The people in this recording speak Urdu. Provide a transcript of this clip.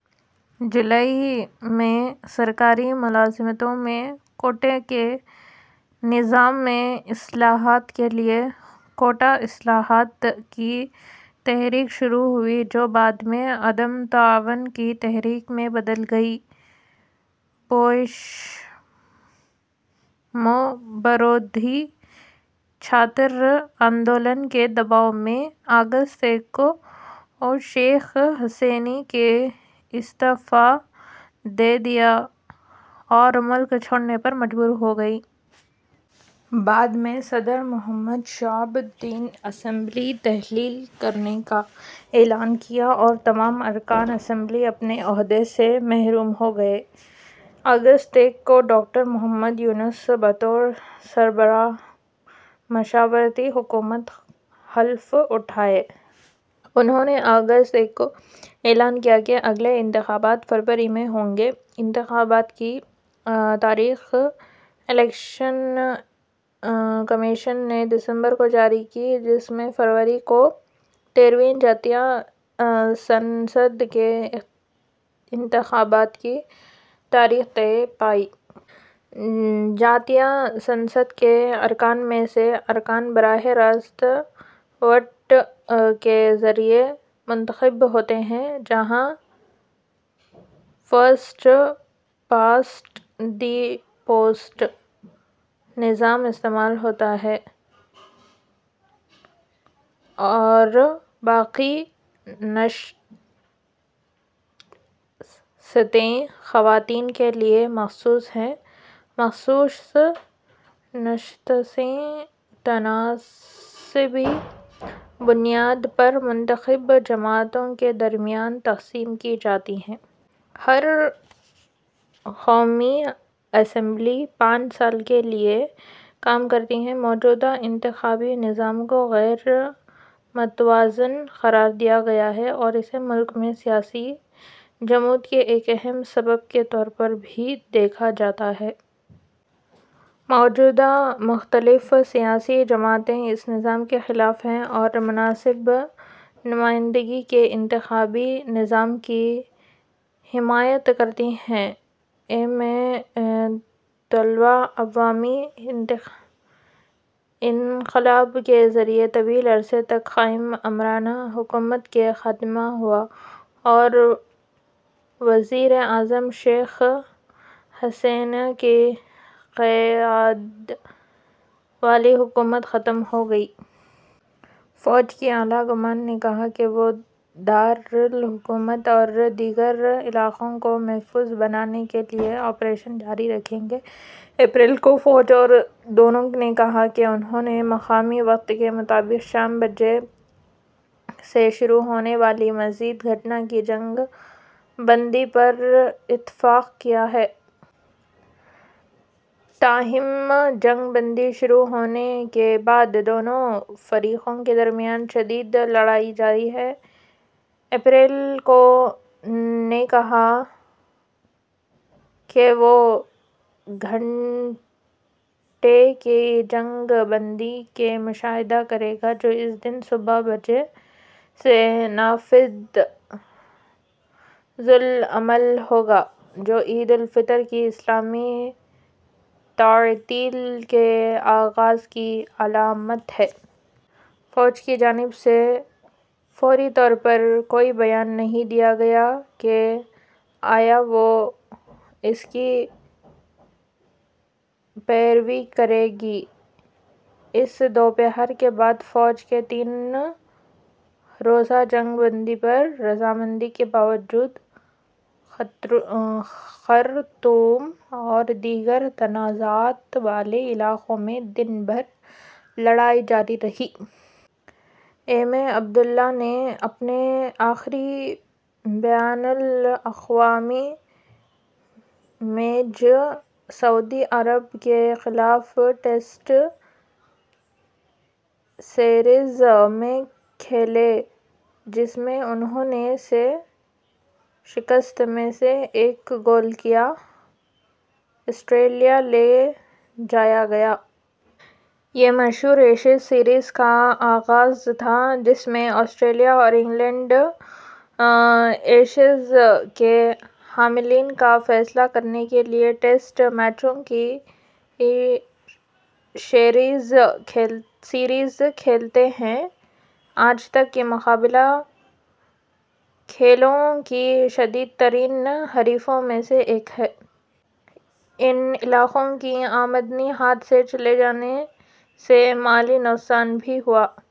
جولائی ء میں سرکاری ملازمتوں میں کوٹے کے نظام میں اصلاحات کے لیے کوٹا اصلاحات کی تحریک شروع ہوئی جو بعد میں عدم تعاون کی تحریک میں بدل گئی۔ بوئیشموبرودھی چھاتر آندولن کے دباؤ میں اگست ء کو شیخ حسینہ نے استعفا دے دیا اور ملک چھوڑنے پر مجبور ہوگئیں۔ بعد میں صدر محمد شہاب الدین اسمبلی تحلیل کرنے کا اعلان کیا اور تمام ارکان اسمبلی اپنے عہدے سے محروم ہو گئے۔ اگست ء کو ڈاکٹر محمد یونس بطور سربراہ مشاورتی حکومت حلف اٹھائا۔ انھوں نے اگست ء کو اعلان کیا کہ اگلے انتخابات فروری ء میں ہوں گے۔ انتخابات کی تاریخ الیکشن کمیشن نے دسمبر ء کو جاری کی جس میں فروری ء کو تیرھویں جاتیہ سنسد کے انتخابات کی تاریخ طے پائی۔ جاتیہ سنسد کے ارکان میں سے ارکان براہِ راست ووٹ کے ذریعے منتخب ہوتے ہیں، جہاں 'فرسٹ پاسٹ دی پوسٹ' نظام استعمال ہوتا ہے اور باقی نشستیں خواتین کے لیے مخصوص ہیں۔ مخصوص نشستیں تناسبی بنیاد پر منتخب جماعتوں کے درمیان تقسیم کی جاتی ہیں۔ ہر قومی اسمبلی پانچ سال کے لیے کام کرتی ہے۔ موجودہ انتخابی نظام کو غیر متوازن قرار دیا گیا ہے اور اسے ملک میں سیاسی جمود کے ایک اہم سبب کے طور پر بھی دیکھا جاتا ہے۔ موجودہ مختلف سیاسی جماعتیں اس نظام کے خلاف ہیں اور متناسب نمائندگی کے انتخابی نظام کی حمایت کرتی ہیں۔ ء میں طلبہ عوامی انقلاب کے ذریعے طویل عرصے تک قائم آمرانہ حکومت کا خاتمہ ہوا اور وزیر اعظم شیخ حسینہ کی قیادت والی حکومت ختم ہو گئی۔ فوج کی اعلیٰ کمان نے کہا کہ وہ دار الحکومت اور دیگر علاقوں کو محفوظ بنانے کے لیے آپریشن جاری رکھے گی۔ اپریل کو، فوج اور دونوں نے کہا کہ انھوں نے مقامی وقت کے مطابق شام بجے سے شروع ہونے والی مزید گھنٹے کی جنگ بندی پر اتفاق کیا ہے۔ تاہم، جنگ بندی شروع ہونے کے بعد دونوں فریقوں کے درمیان شدید لڑائی جاری رہی۔ اپریل کو، نے کہا کہ وہ گھنٹے کی جنگ بندی کا مشاہدہ کرے گا جو اس دن صبح بجے سے نافذ العمل ہو گا، جو عید الفطر کی اسلامی تعطیل کے آغاز کی علامت ہے۔ فوج کی جانب سے فوری طور پر کوئی بیان نہیں دیا گیا کہ آیا وہ اس کی پیروی کرے گی۔ اس دوپہر کے بعد فوج کے تین روزہ جنگ بندی پر رضامندی کے باوجود خرطوم اور دیگر تنازعات والے علاقوں میں دن بھر لڑائی جاری رہی۔ ء میں عبد اللہ نے اپنے آخری بین الاقوامی میچ سعودی عرب کے خلاف ٹیسٹ سیریز میں کھیلے جس میں انھوں نے - سے شکست میں سے ایک گول کیا۔ آسٹریلیا لے جایا گیا۔ " یہ مشہور ایشیز سیریز کا آغاز تھا جس میں آسٹریلیا اور انگلینڈ ایشز کے حاملین کا فیصلہ کرنے کے لیے ٹیسٹ میچوں کی سیریز کھیلتے ہیں۔ آج تک، یہ مقابلہ کھیلوں کی شدید ترین حریفوں میں سے ایک ہے۔ ان علاقوں کی آمدنی ہاتھ سے چلی جانے سے مالی نقصان بھی ہوا۔